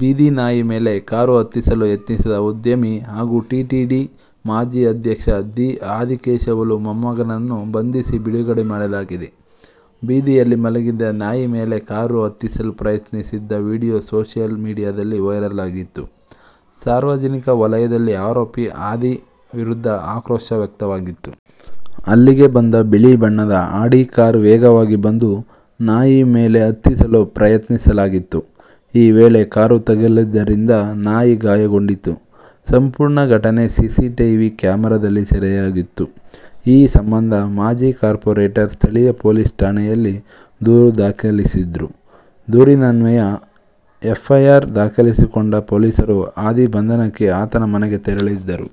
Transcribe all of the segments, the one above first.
ಬೀದಿ ನಾಯಿ ಮೇಲೆ ಕಾರು ಹತ್ತಿಸಲು ಯತ್ನಿಸಿದ್ದ ಉದ್ಯಮಿ ಹಾಗೂ ಟಿಟಿಡಿ ಮಾಜಿ ಅಧ್ಯಕ್ಷ ದಿ. ಆದಿಕೇಶವಲು ಮೊಮ್ಮಗನನ್ನು ಬಂಧಿಸಿ ಬಿಡುಗಡೆ ಮಾಡಲಾಗಿದೆ. ಬೀದಿಯಲ್ಲಿ ಮಲಗಿದ್ದ ನಾಯಿ ಮೇಲೆ ಕಾರು ಹತ್ತಿಸಲು ಪ್ರಯತ್ನಿಸಿದ್ದ ವಿಡಿಯೋ ಸೋಶಿಯಲ್ ಮೀಡಿಯಾದಲ್ಲಿ ವೈರಲ್ ಆಗಿತ್ತು. ಸಾರ್ವಜನಿಕ ವಲಯದಲ್ಲಿ ಆರೋಪಿ ಆದಿ ವಿರುದ್ಧ ಆಕ್ರೋಶ ವ್ಯಕ್ತವಾಗಿತ್ತು. ಅಲ್ಲಿಗೆ ಬಂದ ಬಿಳಿ ಬಣ್ಣದ ಆಡಿ ಕಾರ್ ವೇಗವಾಗಿ ಬಂದು ನಾಯಿ ಮೇಲೆ ಹತ್ತಿಸಲು ಪ್ರಯತ್ನಿಸಲಾಗಿತ್ತು. ಈ ವೇಳೆ ಕಾರು ತಗುಲಿದ್ದರಿಂದ ನಾಯಿ ಗಾಯಗೊಂಡಿತ್ತು. ಸಂಪೂರ್ಣ ಘಟನೆ ಸಿಸಿಟಿವಿ ಕ್ಯಾಮೆರಾದಲ್ಲಿ ಸೆರೆಯಾಗಿತ್ತು. ಈ ಸಂಬಂಧ ಮಾಜಿ ಕಾರ್ಪೋರೇಟರ್ ಸ್ಥಳೀಯ ಪೊಲೀಸ್ ಠಾಣೆಯಲ್ಲಿ ದೂರು ದಾಖಲಿಸಿದ್ರು. ದೂರಿನನ್ವಯ ಎಫ್ಐಆರ್ ದಾಖಲಿಸಿಕೊಂಡ ಪೊಲೀಸರು ಆದಿ ಬಂಧನಕ್ಕೆ ಆತನ ಮನೆಗೆ ತೆರಳಿದ್ದರು.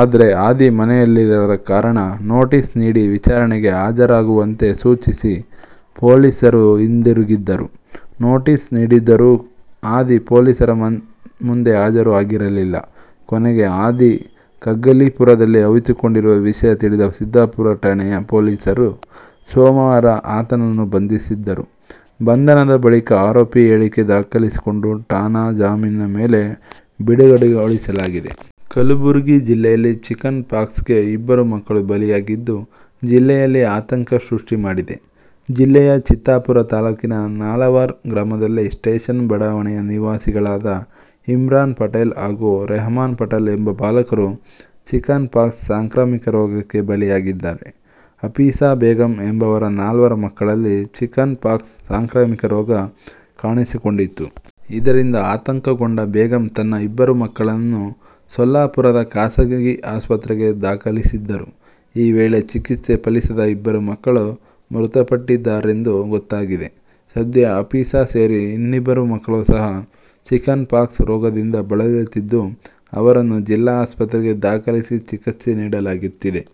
ಆದ್ರೆ ಆದಿ ಮನೆಯಲ್ಲಿರದ ಕಾರಣ ನೋಟಿಸ್ ನೀಡಿ ವಿಚಾರಣೆಗೆ ಹಾಜರಾಗುವಂತೆ ಸೂಚಿಸಿ ಪೊಲೀಸರು ಹಿಂದಿರುಗಿದ್ದರು. ನೋಟಿಸ್ ನೀಡಿದ್ದರೂ ಆದಿ ಪೊಲೀಸರ ಮುಂದೆ ಹಾಜರು ಆಗಿರಲಿಲ್ಲ. ಕೊನೆಗೆ ಆದಿ ಕಗ್ಗಲಿಪುರದಲ್ಲಿ ಅವಿತುಕೊಂಡಿರುವ ವಿಷಯ ತಿಳಿದ ಸಿದ್ದಾಪುರ ಠಾಣೆಯ ಪೊಲೀಸರು ಸೋಮವಾರ ಆತನನ್ನು ಬಂಧಿಸಿದ್ದರು. ಬಂಧನದ ಬಳಿಕ ಆರೋಪಿ ಹೇಳಿಕೆ ದಾಖಲಿಸಿಕೊಂಡು ಠಾಣಾ ಜಾಮೀನಿನ ಮೇಲೆ ಬಿಡುಗಡೆಗೊಳಿಸಲಾಗಿದೆ. ಕಲಬುರಗಿ ಜಿಲ್ಲೆಯಲ್ಲಿ ಚಿಕನ್ ಪಾಕ್ಸ್ ಗೆ ಇಬ್ಬರು ಮಕ್ಕಳು ಬಲಿಯಾಗಿದ್ದು, ಜಿಲ್ಲೆಯಲ್ಲಿ ಆತಂಕ ಸೃಷ್ಟಿ ಮಾಡಿದೆ. ಜಿಲ್ಲೆಯ ಚಿತ್ತಾಪುರ ತಾಲೂಕಿನ ನಾಲವಾರ್ ಗ್ರಾಮದಲ್ಲಿ ಸ್ಟೇಷನ್ ಬಡಾವಣೆಯ ನಿವಾಸಿಗಳಾದ ಇಮ್ರಾನ್ ಪಟೇಲ್ ಹಾಗೂ ರೆಹಮಾನ್ ಪಟೇಲ್ ಎಂಬ ಬಾಲಕರು ಚಿಕನ್ ಪಾಕ್ಸ್ ಸಾಂಕ್ರಾಮಿಕ ರೋಗಕ್ಕೆ ಬಲಿಯಾಗಿದ್ದಾರೆ. ಹಾಪೀಸಾ ಬೇಗಂ ಎಂಬುವರ ನಾಲ್ವರು ಮಕ್ಕಳಲ್ಲಿ ಚಿಕನ್ ಪಾಕ್ಸ್ ಸಾಂಕ್ರಾಮಿಕ ರೋಗ ಕಾಣಿಸಿಕೊಂಡಿತ್ತು. ಇದರಿಂದ ಆತಂಕಗೊಂಡ ಬೇಗಂ ತನ್ನ ಇಬ್ಬರು ಮಕ್ಕಳನ್ನು ಸೊಲ್ಲಾಪುರದ ಖಾಸಗಿ ಆಸ್ಪತ್ರೆಗೆ ದಾಖಲಿಸಿದ್ದರು. ಈ ವೇಳೆ ಚಿಕಿತ್ಸೆ ಫಲಿಸದೆ ಇಬ್ಬರು ಮಕ್ಕಳು ಮೃತಪಟ್ಟಿದ್ದಾರೆಂದು ಗೊತ್ತಾಗಿದೆ. ಸದ್ಯ ಹಾಪೀಸಾ ಸೇರಿ ಇನ್ನಿಬ್ಬರು ಮಕ್ಕಳು ಸಹ ಚಿಕನ್ ಪಾಕ್ಸ್ ರೋಗದಿಂದ ಬಳಲುತ್ತಿದ್ದು, ಅವರನ್ನು ಜಿಲ್ಲಾಸ್ಪತ್ರೆಗೆ ದಾಖಲಿಸಿ ಚಿಕಿತ್ಸೆ ನೀಡಲಾಗುತ್ತಿದೆ.